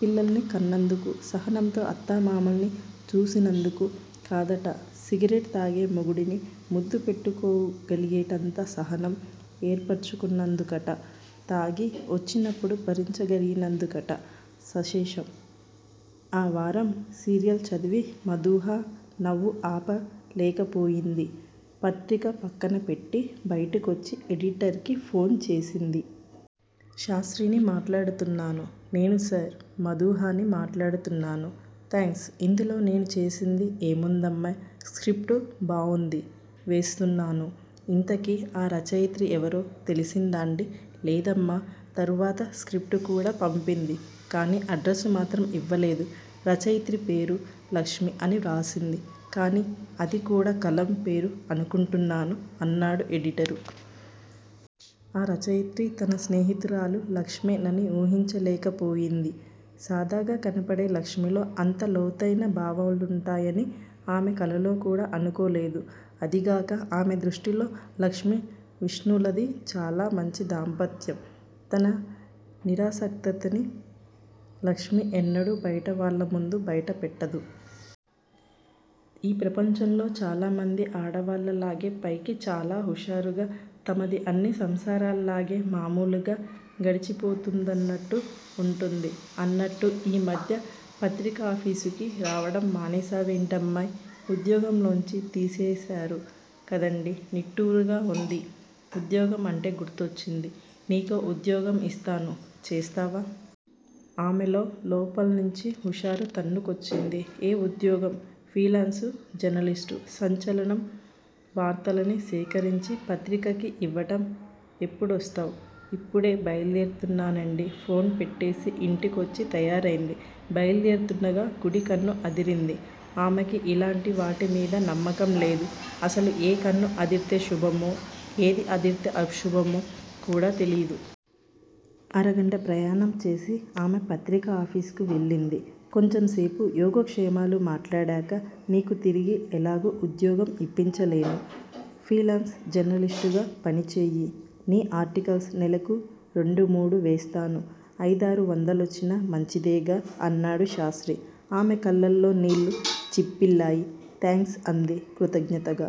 పిల్లల్ని కన్నందుకూ, సహనంతో అత్తామామల్ని చూసినందుకూ కాదట. సిగరెట్ తాగే మొగుడిని ముద్దు పెట్టుకోగలిగేటంత సహనం ఏర్పర్చుకున్నందుకట. తాగి వొచ్చినప్పుడు భరించగలిగినందుకట -సశేషం. ఆ వారం సీరియల్ చదివి మధూహ నవ్వు ఆప లేకపోయింది. పత్రిక పక్కన పెట్టి బయటకొచ్చి ఎడిటర్ కి ఫోన్ చేసింది. శాస్త్రిని మాట్లాడుతున్నాను నేను సర్. మదూహని మాట్లాడుతున్నాను. థాంక్స్. ఇందులో నేను చేసింది ఏముందమ్మాయ్. స్క్రిప్టు బావుంది. వేస్తున్నాను ఇంతకీ ఆ రచయిత్రి ఎవరో తెలిసిందాండీ లేదమ్మా, తరువాత స్క్రిప్టు కూడా పంపింది కానీ అడ్రసు మాత్రం ఇవ్వలేదు. రచయిత్రి పేరు 'లక్ష్మి' అని వ్రాసింది కానీ అది కూడా కలం పేరు అనుకుంటున్నాను అన్నాడు ఎడిటరు. ఆ రచయిత్రి తన స్నేహితురాలు 'లక్ష్మే' నని వూహించలేక పోయింది. సాదాగా కనపడే లక్ష్మిలో అంత లోతయిన భావాలుంటాయని ఆమె కలలో కూడా అనుకోలేదు. అదీగాక ఆమె దృష్టిలో లక్ష్మి విష్ణులది చాలా మంచి దాంపత్యం. తన నిరాసక్తతని లక్ష్మి ఎన్నడూ బయట వాళ్ల ముందు బయట పెట్టదు. ఈ ప్రపంచంలో చాలా మంది ఆడవాళ్ళ లాగే. పైకి చాలా హుషారుగా, తమది అన్ని సంసారాల్లాగే మామూలుగా గడిచిపోతూందన్నట్టు వుంటుంది. అన్నట్టు ఈ మధ్య పత్రికాఫీసుకి రావటం మానేసావేమిటమ్మాయ్ ఉద్యోగం లోంచి తీసేసారు కదండీ నిష్ఠూరంగా అంది. ఉద్యోగం అంటే గుర్తొచ్చింది. నీకో వుద్యోగం ఇస్తాను చేస్తావా? ఆమెలో లోపల్నుంచి హుషారు తన్నుకొచ్చింది. ఏ ఉద్యోగం? Freelance journalist. సంచలనం వార్తలని సేకరించి పత్రికకి ఇవ్వటం ఎప్పుడొస్తావ్? ఇప్పుడే బయల్దేరుతున్నానండి ఫోన్ పెట్టేసి ఇంటికొచ్చి తయారైంది. బయల్దేరుతుండగా కుడి కన్ను అదిరింది. ఆమెకి ఇలాటి వాటి మీద నమ్మకం లేదు. అసలు ఏ కన్ను అదిరితే శుభమో, ఏది అదిరితే అశుభమో కూడా తెలీదు. అరగంట ప్రయాణం చేసి ఆమె పత్రికాఫీసుకి వెళ్లింది. కొంచెంసేపు యోగక్షేమాలు మాట్లాడాక నీకు తిరిగి ఎలాగూ వుద్యోగం ఇప్పించలేను. ఫ్రీలాన్స్ జర్నలిస్టుగా పనిచెయ్యి. నీ ఆర్టికల్స్ నెలకు రెండు మూడు వేస్తాను. అయిదారు వందలొచ్చినా మంచిదేగా అన్నాడు శాస్త్రి. ఆమె కళ్ళలొ నీళ్ళు చిప్పిల్లాయి థాంక్స్ అంది కృతజ్ఞతగా.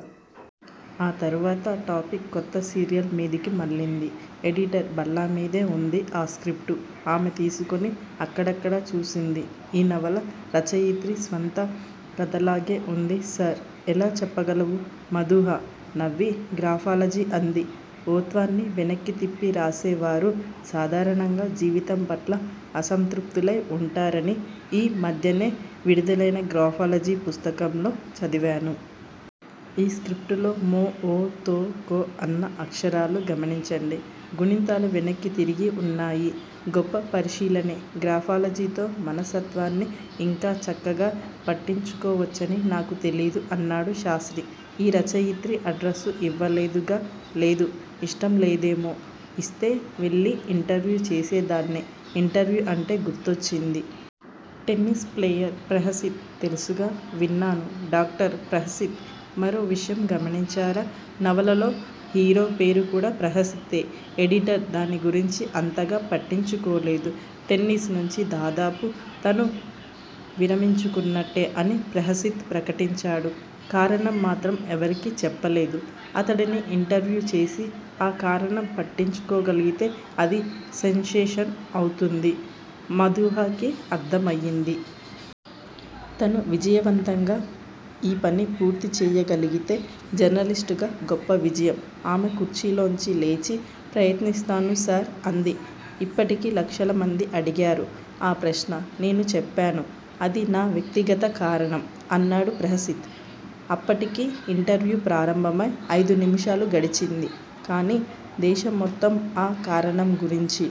ఆ తరువాత టాపిక్ కొత్త సీరియల్ మీదికి మళ్లింది. ఎడిటర్ బల్లమీదే వుంది ఆ స్క్రిప్టు. ఆమె తీసుకుని అక్కడక్కడా చూసింది. ఈ నవల రచయిత్రి స్వంత కథలాగే వుంది సర్ ఎలా చెప్పగలవు? మధూహ నవ్వి గ్రాఫాలజీ అంది. ఓత్వాన్ని వెనక్కీ తిప్పి వ్రాసేవారు సాధారణంగా జీవితంపట్ల అసంతృప్తులై వుంటారని ఈ మధ్యనే విడుదలైన గ్రాఫాలజీ పుస్తకంలో చదివాను. ఈ స్క్రిప్టులో మొ, వొ, తొ, కొ అన్న అక్షరాలు గమనించండి. గుణింతాలు వెనక్కి తిరిగి వున్నాయి. గొప్ప పరిశీలనే. గ్రాఫాలజీతో మనస్తత్వాన్ని ఇంత చక్కగా పట్టుకోవచ్చని నాకు తెలీదు అన్నాడు శాస్త్రి. ఈ రచయిత్రి అడ్రసు ఇవ్వలేదుగా లేదు! ఇష్టం లేదేమో ఇస్తే వెళ్ళి ఇంటర్వ్యూ చేసేదాన్ని ఇంటర్వ్యూ అంటే గుర్తొచ్చింది. టెన్నీస్ ప్లేయర్ ప్రహసిత్ తెలుసుగా విన్నాను. డాక్టర్ ప్రహసిత్. మీరో విషయం గమనించారా? నవలలో హీరో పేరు కూడా ప్రహసితే ఎడిటర్ దాని గురించి అంతగా పట్టించుకోలేదు. టెన్నీస్ నుంచి దాదాపు తను విరమించుకున్నట్టే అని ప్రహసిత్ ప్రకటించాడు. కారణం మాత్రం ఎవరికీ చెప్పలేదు. అతడిని ఇంటర్వ్యూ చేసి ఆ కారణం పట్టించుకోగలిగితే అది సెన్సేషన్ అవుతుంది మదూహకి అర్థమైంది. తను విజయవంతంగా ఈ పని పూర్తిచేయగలిగితే జర్నలిస్ట్ గా గొప్ప విజయం! ఆమె కుర్చీలోంచి లేచి, ప్రయత్నిస్తాను సర్ అంది. ఇప్పటికి లక్షలమంది అడిగారు ఆ ప్రశ్న. నేను చెప్పను. అది నా వ్యక్తిగత కారణం అన్నాడు ప్రహసిత్. అప్పటికి ఇంటర్వ్యూ ప్రారంభమై అయిదు నిముషాలు గడిచింది. కానీ దేశం మొత్తం ఆ కారణం గురించి